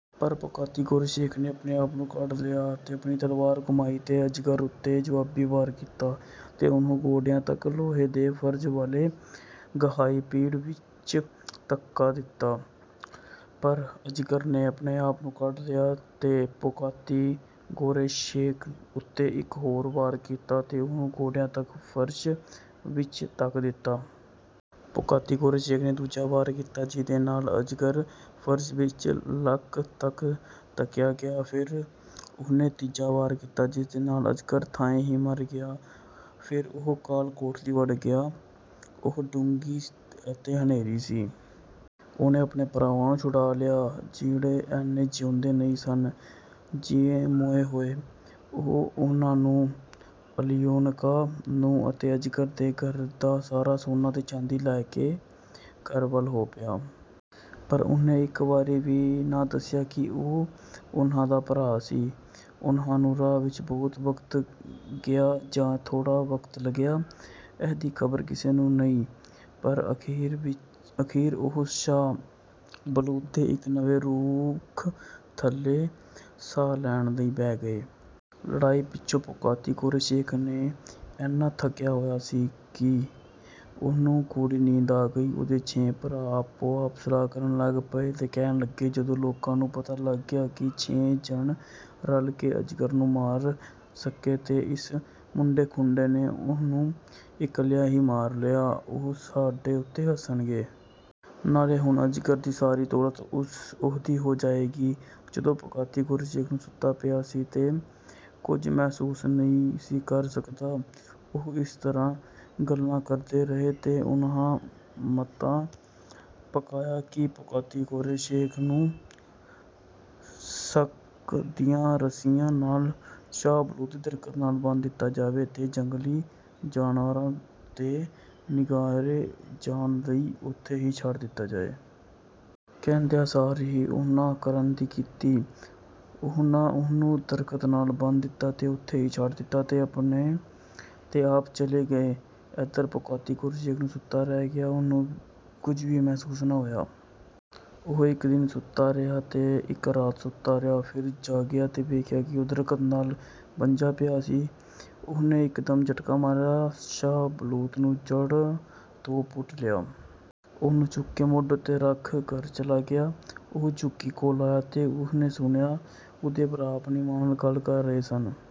ਪਰ ਪੋਕਾਤੀ-ਗੋਰੋਸ਼ੇਕ ਨੇ ਆਪਣੇ ਆਪ ਨੂੰ ਕੱਢ ਲਿਆ ਤੇ ਆਪਣੀ ਤਲਵਾਰ ਘੁਮਾਈ ਤੇ ਅਜਗਰ ਉੱਤੇ ਜਵਾਬੀ ਵਾਰ ਕੀਤਾ ਤੇ ਉਹਨੂੰ ਗੋਡਿਆਂ ਤੱਕ ਲੋਹੇ ਦੇ ਫ਼ਰਸ਼ ਵਾਲੇ ਗਹਾਈ-ਪਿੜ ਵਿੱਚ ਧੱਕ ਦਿੱਤਾ। ਪਰ ਅਜਗਰ ਨੇ ਆਪਣੇ ਆਪ ਨੂੰ ਕੱਢ ਲਿਆ ਤੇ ਪੋਕਾਤੀ-ਗੋਰੋਸ਼ੇਕ ਉੱਤੇ ਇੱਕ ਹੋਰ ਵਾਰ ਕੀਤਾ ਤੇ ਉਹਨੂੰ ਗੋਡਿਆਂ ਤੱਕ ਫ਼ਰਸ਼ ਵਿੱਚ ਧੱਕ ਦਿੱਤਾ। ਪੋਕਾਤੀ-ਗੋਰੋਸ਼ੇਕ ਨੇ ਦੂਜਾ ਵਾਰ ਕੀਤਾ, ਜਿਹਦੇ ਨਾਲ ਅਜਗਰ ਫ਼ਰਸ਼ ਵਿੱਚ ਲੱਕ ਤੱਕ ਧੱਕਿਆ ਗਿਆ। ਫਿਰ ਉਹਨੇ ਤੀਜਾ ਵਾਰ ਕੀਤਾ, ਜਿਹਦੇ ਨਾਲ ਅਜਗਰ ਥਾਂਏਂ ਹੀ ਮਾਰਿਆ ਗਿਆ। ਫਿਰ ਉਹ ਕਾਲ-ਕੋਠੜੀ ਵੱਲ ਗਿਆ। ਉਹ ਡੂੰਘੀ ਤੇ ਹਨੇਰੀ ਸੀ। ਉਹਨੇ ਆਪਣੇ ਭਰਾਵਾਂ ਨੂੰ ਛੁਡਾ ਲਿਆ, ਜਿਹੜੇ ਐਨੇ ਜਿਉਂਦੇ ਨਹੀਂ ਸਨ, ਜਿੰਨੇ ਮੋਏ ਹੋਏ। ਉਹ ਉਹਨਾਂ ਨੂੰ, ਅਲਯੋਨਕਾ ਨੂੰ ਅਤੇ ਅਜਗਰ ਦੇ ਘਰ ਦਾ ਸਾਰਾ ਸੋਨਾ ਤੇ ਚਾਂਦੀ ਲੈ ਕੇ ਘਰ ਵੱਲ ਹੋ ਪਿਆ। ਪਰ ਉਹਨੇ ਇੱਕ ਵਾਰੀ ਵੀ ਨਾ ਦੱਸਿਆ ਕਿ ਉਹ ਉਹਨਾਂ ਦਾ ਭਰਾ ਸੀ। ਉਹਨਾਂ ਨੂੰ ਰਾਹ ਵਿੱਚ ਬਹੁਤਾ ਵਕਤ ਗਿਆ ਜਾਂ ਥੋੜ੍ਹਾ ਵਕਤ ਲੱਗਿਆ, ਇਹਦੀ ਖ਼ਬਰ ਕਿਸੇ ਨੂੰ ਨਹੀਂ। ਪਰ ਅਖ਼ੀਰ ਉਹ ਸ਼ਾਹ ਬਲੂਤ ਦੇ ਇੱਕ ਲਵੇਂ ਰੁੱਖ ਥੱਲੇ ਸਾਹ ਲੈਣ ਲਈ ਬਹਿ ਗਏ। ਲੜਾਈ ਪਿੱਛੋਂ ਪੋਕਾਤੀ-ਗੋਰੋਸ਼ੇਕ ਐਨਾ ਥੱਕਿਆ ਹੋਇਆ ਸੀ ਕਿ ਉਹਨੂੰ ਗੂੜ੍ਹੀ ਨੀਂਦ ਆ ਗਈ। ਉਹਦੇ ਛੇ ਭਰਾ ਆਪੋ ਵਿੱਚ ਸਲਾਹ ਕਰਨ ਲੱਗ ਪਏ ਤੇ ਕਹਿਣ ਲੱਗੇ, “ਜਦੋਂ ਲੋਕਾਂ ਨੂੰ ਪਤਾ ਲੱਗਾ ਕਿ ਅਸੀਂ ਛੇ ਜਣੇ ਰਲ ਕੇ ਅਜਗਰ ਨੂੰ ਨਾ ਮਾਰ ਸਕੇ ਤੇ ਇਸ ਮੁੰਡੇ-ਖੁੰਡੇ ਨੇ ਉਹਨੂੰ ਇਕੱਲਿਆਂ ਹੀ ਮਾਰ ਲਿਆ, ਉਹ ਸਾਡੇ ਉੱਤੇ ਹੱਸਣਗੇ। ਨਾਲੇ ਹੁਣ ਅਜਗਰ ਦੀ ਸਾਰੀ ਦੌਲਤ ਉਹਦੀ ਹੋ ਜਾਏਗੀ।” ਜਦੋਂ ਪੋਕਾਤੀ-ਗੋਰੋਸ਼ੇਕ ਸੁੱਤਾ ਪਿਆ ਸੀ ਤੇ ਕੁਝ ਮਹਿਸੂਸ ਨਹੀਂ ਸੀ ਕਰ ਸਕਦਾ, ਉਹ ਇਸ ਤਰ੍ਹਾਂ ਗੱਲਾਂ ਕਰਦੇ ਰਹੇ ਤੇ ਉਹਨਾਂ ਮਤਾ ਪਕਾਇਆ ਕਿ ਪੋਕਾਤੀ-ਗੋਰੋਸ਼ੇਕ ਨੂੰ ਸਕ ਦੀਆਂ ਰੱਸੀਆਂ ਨਾਲ ਸ਼ਾਹ ਬਲੂਤ ਦੇ ਦਰਖ਼ਤ ਨਾਲ ਬੰਨ੍ਹ ਦਿੱਤਾ ਜਾਵੇ ਤੇ ਜੰਗਲੀ ਜਨੌਰਾਂ ਦੇ ਨਿਘਾਰੇ ਜਾਣ ਲਈ ਓਥੇ ਹੀ ਛੱਡ ਦਿੱਤਾ ਜਾਵੇ। ਕਹਿੰਦਿਆਂ ਸਾਰ ਹੀ ਉਹਨਾਂ ਕਰਨ ਦੀ ਕੀਤੀ। ਉਹਨਾਂ ਉਹਨੂੰ ਦਰਖ਼ਤ ਨਾਲ ਬੰਨ੍ਹ ਦਿੱਤਾ ਤੇ ਓਥੇ ਹੀ ਛੱਡ ਦਿੱਤਾ ਤੇ ਆਪ ਚਲੇ ਗਏ। ਏਧਰ ਪੋਕਾਤੀ-ਗੋਰੋਸ਼ੇਕ ਸੁੱਤਾ ਰਿਹਾ ਤੇ ਉਹਨੂੰ ਕੁਝ ਵੀ ਮਹਿਸੂਸ ਨਾ ਹੋਇਆ। ਉਹ ਇੱਕ ਦਿਨ ਸੁੱਤਾ ਰਿਹਾ ਤੇ ਇੱਕ ਰਾਤ ਸੁੱਤਾ ਰਿਹਾ। ਫਿਰ ਜਾਗਿਆ ਤੇ ਵੇਖਿਆ ਕਿ ਉਹ ਦਰਖ਼ਤ ਨਾਲ ਬੱਝਾ ਪਿਆ ਸੀ। ਉਹਨੇ ਇੱਕਦਮ ਝਟਕਾ ਮਾਰਿਆ ਤੇ ਸ਼ਾਹ ਬਲੂਤ ਨੂੰ ਜੜ੍ਹਾਂ ਤੋਂ ਪੁੱਟ ਲਿਆ। ਉਹਨੂੰ ਚੁੱਕ ਕੇ ਮੋਢੇ ਉੱਤੇ ਰੱਖ ਘਰ ਚਲਾ ਗਿਆ। ਉਹ ਝੁੱਗੀ ਕੋਲ ਆਇਆ ਤੇ ਉਹਨੇ ਸੁਣਿਆ, ਉਹਦੇ ਭਰਾ ਆਪਣੀ ਮਾਂ ਨਾਲ ਗੱਲਾਂ ਕਰ ਰਹੇ ਸਨ।